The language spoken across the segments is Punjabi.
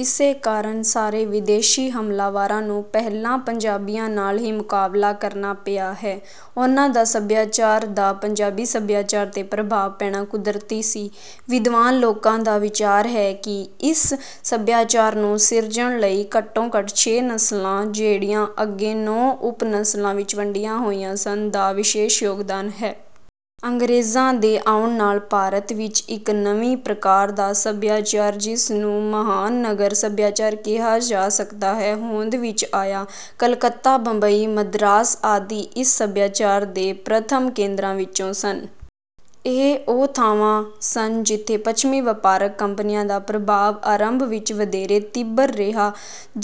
ਇਸੇ ਕਾਰਨ ਸਾਰੇ ਵਿਦੇਸ਼ੀ ਹਮਲਾਵਰਾਂ ਨੂੰ ਪਹਿਲਾਂ ਪੰਜਾਬੀਆਂ ਨਾਲ ਹੀ ਮੁਕਾਬਲਾ ਕਰਨਾ ਪਿਆ ਹੈ। ਉਨ੍ਹਾਂ ਦਾ ਸਭਿਆਚਾਰ ਦਾ ਪੰਜਾਬੀ ਸਭਿਆਚਾਰ 'ਤੇ ਪ੍ਰਭਾਵ ਪੈਣਾ ਕੁਦਰਤੀ ਸੀ। ਵਿਦਵਾਨ ਲੋਕਾਂ ਦਾ ਵਿਚਾਰ ਹੈ ਕਿ ਇਸ ਸਭਿਆਚਾਰ ਨੂੰ ਸਿਰਜਣ ਲਈ ਘੱਟੋ-ਘੱਟ ਛੇ ਨਸਲਾਂ, ਜਿਹੜੀਆਂ ਅੱਗੇ ਨੌਂ ਉਪ-ਨਸਲਾਂ ਵਿੱਚ ਵੰਡੀਆਂ ਹੋਈਆਂ ਸਨ, ਦਾ ਵਿਸ਼ੇਸ਼ ਯੋਗਦਾਨ ਹੈ। ਅੰਗਰੇਜ਼ਾਂ ਦੇ ਆਉਣ ਨਾਲ ਭਾਰਤ ਵਿੱਚ ਇੱਕ ਨਵੀਂ ਪ੍ਰਕਾਰ ਦਾ ਸਭਿਆਚਾਰ, ਜਿਸ ਨੂੰ "ਮਹਾਨਗਰ" ਸਭਿਆਚਾਰ ਕਿਹਾ ਜਾ ਸਕਦਾ ਹੈ, ਹੋਂਦ ਵਿੱਚ ਆਇਆ। ਕਲਕੱਤਾ, ਬੰਬਈ, ਮਦਰਾਸ ਆਦਿ ਇਸ ਸਭਿਆਚਾਰ ਦੇ ਪ੍ਰਥਮ ਕੇਂਦਰਾਂ ਵਿੱਚੋਂ ਸਨ। ਇਹ ਉਹ ਥਾਵਾਂ ਸਨ ਜਿੱਥੇ ਪੱਛਮੀ ਵਪਾਰਕ ਕੰਪਨੀਆਂ ਦਾ ਪ੍ਰਭਾਵ ਆਰੰਭ ਵਿੱਚ ਵਧੇਰੇ ਤੀਬਰ ਰਿਹਾ,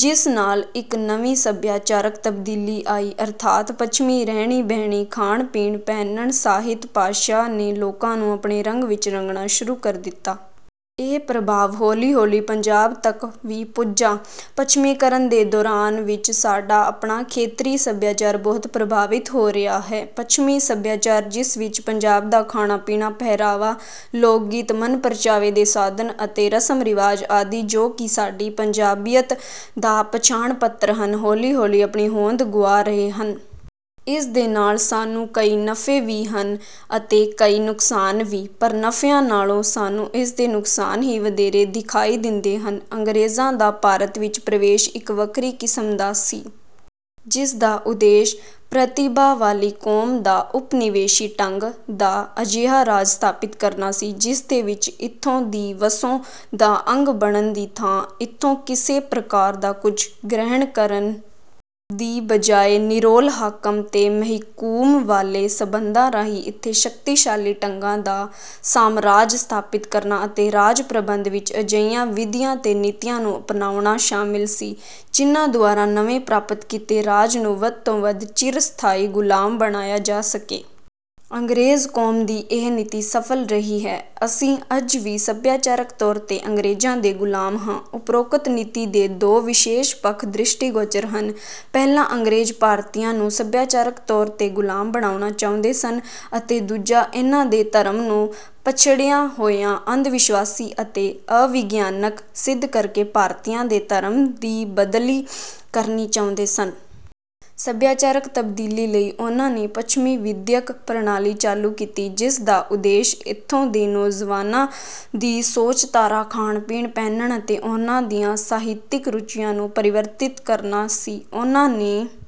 ਜਿਸ ਨਾਲ ਇੱਕ ਨਵੀਂ ਸਭਿਆਚਾਰਕ ਤਬਦੀਲੀ ਆਈ। ਅਰਥਾਤ ਪੱਛਮੀ ਰਹਿਣੀ-ਬਹਿਣੀ, ਖਾਣ-ਪੀਣ, ਪਹਿਨਣ, ਸਾਹਿਤ, ਭਾਸ਼ਾ ਨੇ ਲੋਕਾਂ ਨੂੰ ਆਪਣੇ ਰੰਗ ਵਿੱਚ ਰੰਗਣਾ ਸ਼ੁਰੂ ਕਰ ਦਿੱਤਾ। ਇਹ ਪ੍ਰਭਾਵ ਹੌਲੀ-ਹੌਲੀ ਪੰਜਾਬ ਤੱਕ ਵੀ ਪੁੱਜਾ। ਪੱਛਮੀਕਰਨ ਦੇ ਦੌਰ ਵਿੱਚ ਸਾਡਾ ਆਪਣਾ ਖੇਤਰੀ ਸਭਿਆਚਾਰ ਬਹੁਤ ਪ੍ਰਭਾਵਿਤ ਹੋ ਰਿਹਾ ਹੈ। ਪੱਛਮੀ ਸਭਿਆਚਾਰ, ਜਿਸ ਵਿੱਚ ਪੰਜਾਬ ਦਾ ਖਾਣਾ-ਪੀਣਾ, ਪਹਿਰਾਵਾ, ਲੋਕ-ਗੀਤ, ਮਨ-ਪ੍ਰਚਾਵੇ ਦੇ ਸਾਧਨ ਅਤੇ ਰਸਮ-ਰਿਵਾਜ ਆਦਿ ਜੋ ਕਿ ਸਾਡੀ ਪੰਜਾਬੀਅਤ ਦਾ ਪਛਾਣ-ਪੱਤਰ ਹਨ, ਹੌਲੀ-ਹੌਲੀ ਆਪਣੀ ਹੋਂਦ ਗੁਆ ਰਹੇ ਹਨ। ਇਸ ਦੇ ਨਾਲ ਸਾਨੂੰ ਕਈ ਨਫ਼ੇ ਵੀ ਹਨ ਅਤੇ ਕਈ ਨੁਕਸਾਨ ਵੀ। ਪਰ ਨਫ਼ਿਆਂ ਨਾਲੋਂ ਸਾਨੂੰ ਇਸਦੇ ਨੁਕਸਾਨ ਹੀ ਵਧੇਰੇ ਦਿਖਾਈ ਦਿੰਦੇ ਹਨ। ਅੰਗਰੇਜ਼ਾਂ ਦਾ ਭਾਰਤ ਵਿੱਚ ਪ੍ਰਵੇਸ਼ ਇੱਕ ਵੱਖਰੀ ਕਿਸਮ ਦਾ ਸੀ, ਜਿਸ ਦਾ ਉਦੇਸ਼ ਪ੍ਰਤਿਭਾ ਵਾਲੀ ਕੌਮ ਦਾ ਉਪਨਿਵੇਸ਼ੀ ਢੰਗ ਦਾ ਅਜਿਹਾ ਰਾਜ ਸਥਾਪਿਤ ਕਰਨਾ ਸੀ, ਜਿਸਦੇ ਵਿੱਚ ਇੱਥੋਂ ਦੀ ਵਸੋਂ ਦਾ ਅੰਗ ਬਣਨ ਦੀ ਥਾਂ ਜਾਂ ਇੱਥੋਂ ਕਿਸੇ ਪ੍ਰਕਾਰ ਦਾ ਕੁਝ ਗ੍ਰਹਿਣ ਕਰਨ ਦੀ ਬਜਾਏ, ਨਿਰੋਲ ਹਾਕਮ ਤੇ ਮਹਿਕੂਮ ਵਾਲੇ ਸੰਬੰਧਾਂ ਰਾਹੀਂ ਇੱਥੇ ਸ਼ਕਤੀਸ਼ਾਲੀ ਢੰਗਾਂ ਦਾ ਸਾਮਰਾਜ ਸਥਾਪਿਤ ਕਰਨਾ ਅਤੇ ਰਾਜ-ਪ੍ਰਬੰਧ ਵਿੱਚ ਅਜਿਹੀਆਂ ਵਿਧੀਆਂ ਤੇ ਨੀਤੀਆਂ ਨੂੰ ਅਪਨਾਉਣਾ ਸ਼ਾਮਿਲ ਸੀ, ਜਿਨ੍ਹਾਂ ਦੁਆਰਾ ਨਵੇਂ ਪ੍ਰਾਪਤ ਕੀਤੇ ਰਾਜ ਨੂੰ ਵੱਧ ਤੋਂ ਵੱਧ ਚਿਰ ਸਥਾਈ ਗ਼ੁਲਾਮ ਬਣਾਇਆ ਜਾ ਸਕੇ। ਅੰਗਰੇਜ਼ ਕੌਮ ਦੀ ਇਹ ਨੀਤੀ ਸਫਲ ਰਹੀ ਹੈ। ਅਸੀਂ ਅੱਜ ਵੀ ਸਭਿਆਚਾਰਕ ਤੌਰ 'ਤੇ ਅੰਗਰੇਜ਼ਾਂ ਦੇ ਗੁਲਾਮ ਹਾਂ। ਉਪਰੋਕਤ ਨੀਤੀ ਦੇ ਦੋ ਵਿਸ਼ੇਸ਼ ਪੱਖ ਦ੍ਰਿਸ਼ਟੀਗੋਚਰ ਹਨ। ਪਹਿਲਾ, ਅੰਗਰੇਜ਼ ਭਾਰਤੀਆਂ ਨੂੰ ਸਭਿਆਚਾਰਕ ਤੌਰ 'ਤੇ ਗ਼ੁਲਾਮ ਬਣਾਉਣਾ ਚਾਹੁੰਦੇ ਸਨ, ਅਤੇ ਦੂਜਾ, ਇਨ੍ਹਾਂ ਦੇ ਧਰਮ ਨੂੰ ਪਛੜਿਆ ਹੋਇਆ, ਅੰਧ-ਵਿਸ਼ਵਾਸੀ ਅਤੇ ਅਵਿਗਿਆਨਕ ਸਿੱਧ ਕਰਕੇ ਭਾਰਤੀਆਂ ਦੇ ਧਰਮ ਦੀ ਬਦਲੀ ਕਰਨੀ ਚਾਹੁੰਦੇ ਸਨ। ਸਭਿਆਚਾਰਕ ਤਬਦੀਲੀ ਲਈ ਉਨ੍ਹਾਂ ਨੇ ਪੱਛਮੀ ਵਿਦਿਅਕ ਪ੍ਰਣਾਲੀ ਚਾਲੂ ਕੀਤੀ, ਜਿਸ ਦਾ ਉਦੇਸ਼ ਇੱਥੋਂ ਦੇ ਨੌਜਵਾਨਾਂ ਦੀ ਸੋਚ-ਧਾਰਾ, ਖਾਣ-ਪੀਣ, ਪਹਿਨਣ ਅਤੇ ਉਨ੍ਹਾਂ ਦੀਆਂ ਸਾਹਿਤਿਕ ਰੁਚੀਆਂ ਨੂੰ ਪਰਿਵਰਤਿਤ ਕਰਨਾ ਸੀ। ਉਨ੍ਹਾਂ ਨੇ